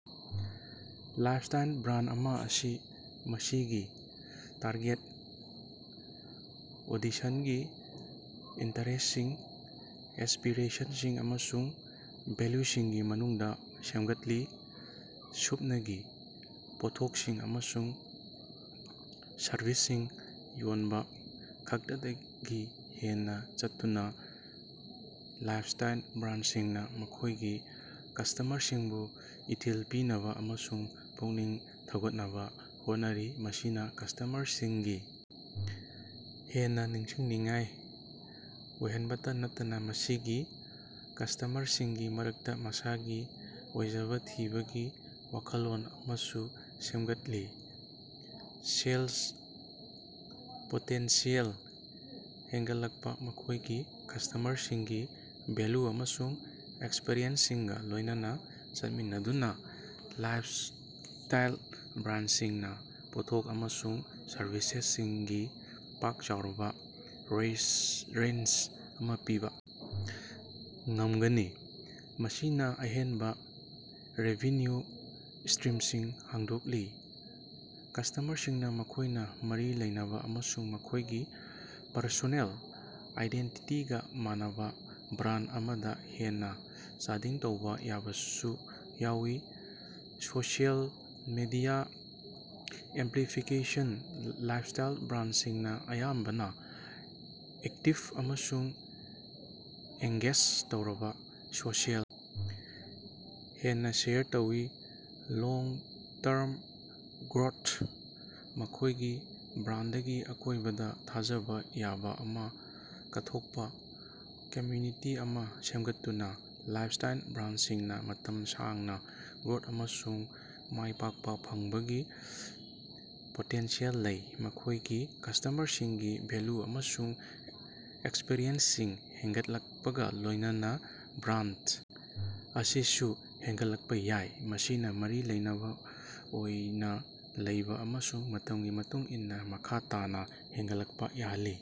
Lifestyle brand ꯑꯃ ꯑꯁꯤ ꯃꯁꯤꯒꯤ ꯇꯥꯔꯒꯦꯠ ꯑꯣꯗꯤꯁꯟꯒꯤ ꯏꯟꯇꯔꯦꯁꯁꯤꯡ, ꯑꯦꯁꯄꯤꯔꯦꯁꯟꯁꯤꯡ ꯑꯃꯁꯨꯡ ꯚꯦꯜꯌꯨꯁꯤꯡꯒꯤ ꯃꯅꯨꯡꯗ ꯁꯦꯝꯒꯠꯂꯤ꯫ ꯁꯨꯞꯅꯒꯤ ꯄꯣꯠꯊꯣꯛꯁꯤꯡ ꯑꯃꯁꯨꯡ ꯁꯔꯕꯤꯁꯁꯤꯡ ꯌꯣꯟꯕ ꯈꯛꯇꯗꯒꯤ ꯍꯦꯟꯅ ꯆꯠꯇꯨꯅ, ꯂꯥꯏꯐꯁ꯭ꯇꯥꯏꯜ ꯕ꯭ꯔꯥꯟꯗꯁꯤꯡꯅ ꯃꯈꯣꯏꯒꯤ ꯀꯁꯇꯃꯔꯁꯤꯡꯕꯨ ꯏꯊꯤꯜ ꯄꯤꯅꯕ ꯑꯃꯁꯨꯡ ꯄꯨꯛꯅꯤꯡ ꯊꯧꯒꯠꯅꯕ ꯍꯣꯠꯅꯔꯤ, ꯃꯁꯤꯅ ꯀꯁꯇꯃꯔꯁꯤꯡꯒꯤ ꯍꯦꯟꯅ ꯅꯤꯡꯁꯤꯡꯅꯤꯡꯉꯥꯏ ꯑꯣꯏꯍꯟꯕꯇ ꯅꯠꯇꯅ ꯃꯁꯤꯒꯤ ꯀꯁꯇꯃꯔꯁꯤꯡꯒꯤ ꯃꯔꯛꯇ ꯃꯁꯥꯒꯤ ꯑꯣꯏꯖꯕ ꯊꯤꯕꯒꯤ ꯋꯥꯈꯜꯂꯣꯟ ꯑꯃꯁꯨ ꯁꯦꯝꯒꯠꯂꯤ꯫ ꯁꯦꯜꯁ ꯄꯣꯇꯦꯟꯁꯤꯌꯦꯜ ꯍꯦꯟꯒꯠꯂꯛꯄ: ꯃꯈꯣꯏꯒꯤ ꯀꯁꯇꯃꯔꯁꯤꯡꯒꯤ ꯚꯦꯜꯌꯨ ꯑꯃꯁꯨꯡ ꯑꯦꯁꯄꯤꯔꯦꯁꯟꯁꯤꯡꯒ ꯂꯣꯏꯅꯅ ꯆꯠꯃꯤꯟꯅꯗꯨꯅ ꯂꯥꯏꯐꯁ꯭ꯇꯥꯏꯜ ꯕ꯭ꯔꯥꯟꯗꯁꯤꯡꯅ ꯄꯣꯠꯊꯣꯛ ꯑꯃꯁꯨꯡ ꯁꯔꯕꯤꯁꯦꯁꯁꯤꯡꯒꯤ ꯄꯥꯛ ꯆꯥꯎꯔꯕ ꯔꯦꯖ ꯔꯦꯟꯖ ꯑꯃ ꯄꯤꯕ ꯉꯝꯒꯅꯤ, ꯃꯁꯤꯅ ꯑꯍꯦꯟꯕ ꯔꯦꯚꯤꯅ꯭ꯌꯨ ꯁꯇ꯭ꯔꯤꯝꯁꯤꯡ ꯍꯥꯡꯗꯣꯛꯂꯤ꯫ ꯀꯁꯇꯃꯔꯁꯤꯡꯅ ꯃꯈꯣꯏꯅ ꯃꯔꯤ ꯂꯩꯅꯕ ꯑꯃꯁꯨꯡ ꯃꯈꯣꯏꯒꯤ ꯄꯔꯁꯣꯅꯦꯜ ꯑꯥꯏꯗꯦꯟꯇꯤꯇꯤꯒ ꯃꯥꯟꯅꯕ ꯕ꯭ꯔꯥꯟꯗ ꯑꯃꯗ ꯍꯦꯟꯅ ꯆꯥꯗꯤꯡ ꯇꯧꯕ ꯌꯥꯕꯁꯨ ꯌꯥꯎꯏ꯫ ꯁꯣꯁꯤꯑꯦꯜ ꯃꯤꯗꯤꯌꯥ ꯑꯦꯝꯄ꯭ꯂꯤꯐꯤꯀꯦꯁꯟ: ꯂꯥꯏꯐꯁ꯭ꯇꯥꯏꯜ ꯕ꯭ꯔꯥꯟꯗꯁꯤꯡꯅ ꯑꯌꯥꯝꯕꯅ ꯑꯦꯛꯇꯤꯕ ꯑꯃꯁꯨꯡ ꯑꯦꯡꯒꯦꯖ ꯇꯧꯔꯕ ꯁꯣꯁꯤꯑꯦꯜ ꯍꯦꯟꯅ ꯁꯦꯌꯔ ꯇꯧꯏ꯫ ꯂꯣꯡ-ꯇꯔꯝ ꯒ꯭ꯔꯣꯊ: ꯃꯈꯣꯏꯒꯤ ꯕ꯭ꯔꯥꯟꯗꯒꯤ ꯑꯀꯣꯏꯕꯗ ꯊꯥꯖꯕ ꯌꯥꯕ ꯑꯃꯁꯨꯡ ꯀꯠꯊꯣꯛꯄ ꯀꯝꯃ꯭ꯌꯨꯅꯤꯇꯤ ꯑꯃ ꯁꯦꯝꯒꯠꯇꯨꯅ ꯂꯥꯏꯐꯁ꯭ꯇꯥꯏꯜ ꯕ꯭ꯔꯥꯟꯗꯁꯤꯡꯅ ꯃꯇꯝ ꯁꯥꯡꯅ ꯒ꯭ꯔꯣꯊ ꯑꯃꯁꯨꯡ ꯃꯥꯏꯄꯥꯛꯄ ꯐꯪꯕꯒꯤ ꯄꯣꯇꯦꯟꯁꯤꯌꯦꯜ ꯂꯩ꯫ ꯃꯈꯣꯏꯒꯤ ꯀꯁꯇꯃꯔꯁꯤꯡꯒꯤ ꯚꯦꯜꯌꯨ ꯑꯃꯁꯨꯡ ꯑꯦꯁꯄꯤꯔꯦꯁꯟꯁꯤꯡ ꯍꯦꯟꯒꯠꯂꯛꯄꯒ ꯂꯣꯏꯅꯅ ꯕ꯭ꯔꯥꯟꯗ ꯑꯁꯤꯁꯨ ꯍꯦꯟꯒꯠꯂꯛꯄ ꯌꯥꯏ, ꯃꯁꯤꯅ ꯃꯔꯤ ꯂꯩꯅꯕ ꯑꯣꯏꯅ ꯂꯩꯕ ꯑꯃꯁꯨꯡ ꯃꯇꯝꯒꯤ ꯃꯇꯨꯡ ꯏꯟꯅ ꯃꯈꯥ ꯇꯥꯅ ꯍꯦꯟꯒꯠꯂꯛꯄ ꯌꯥꯍꯜꯂꯤ꯫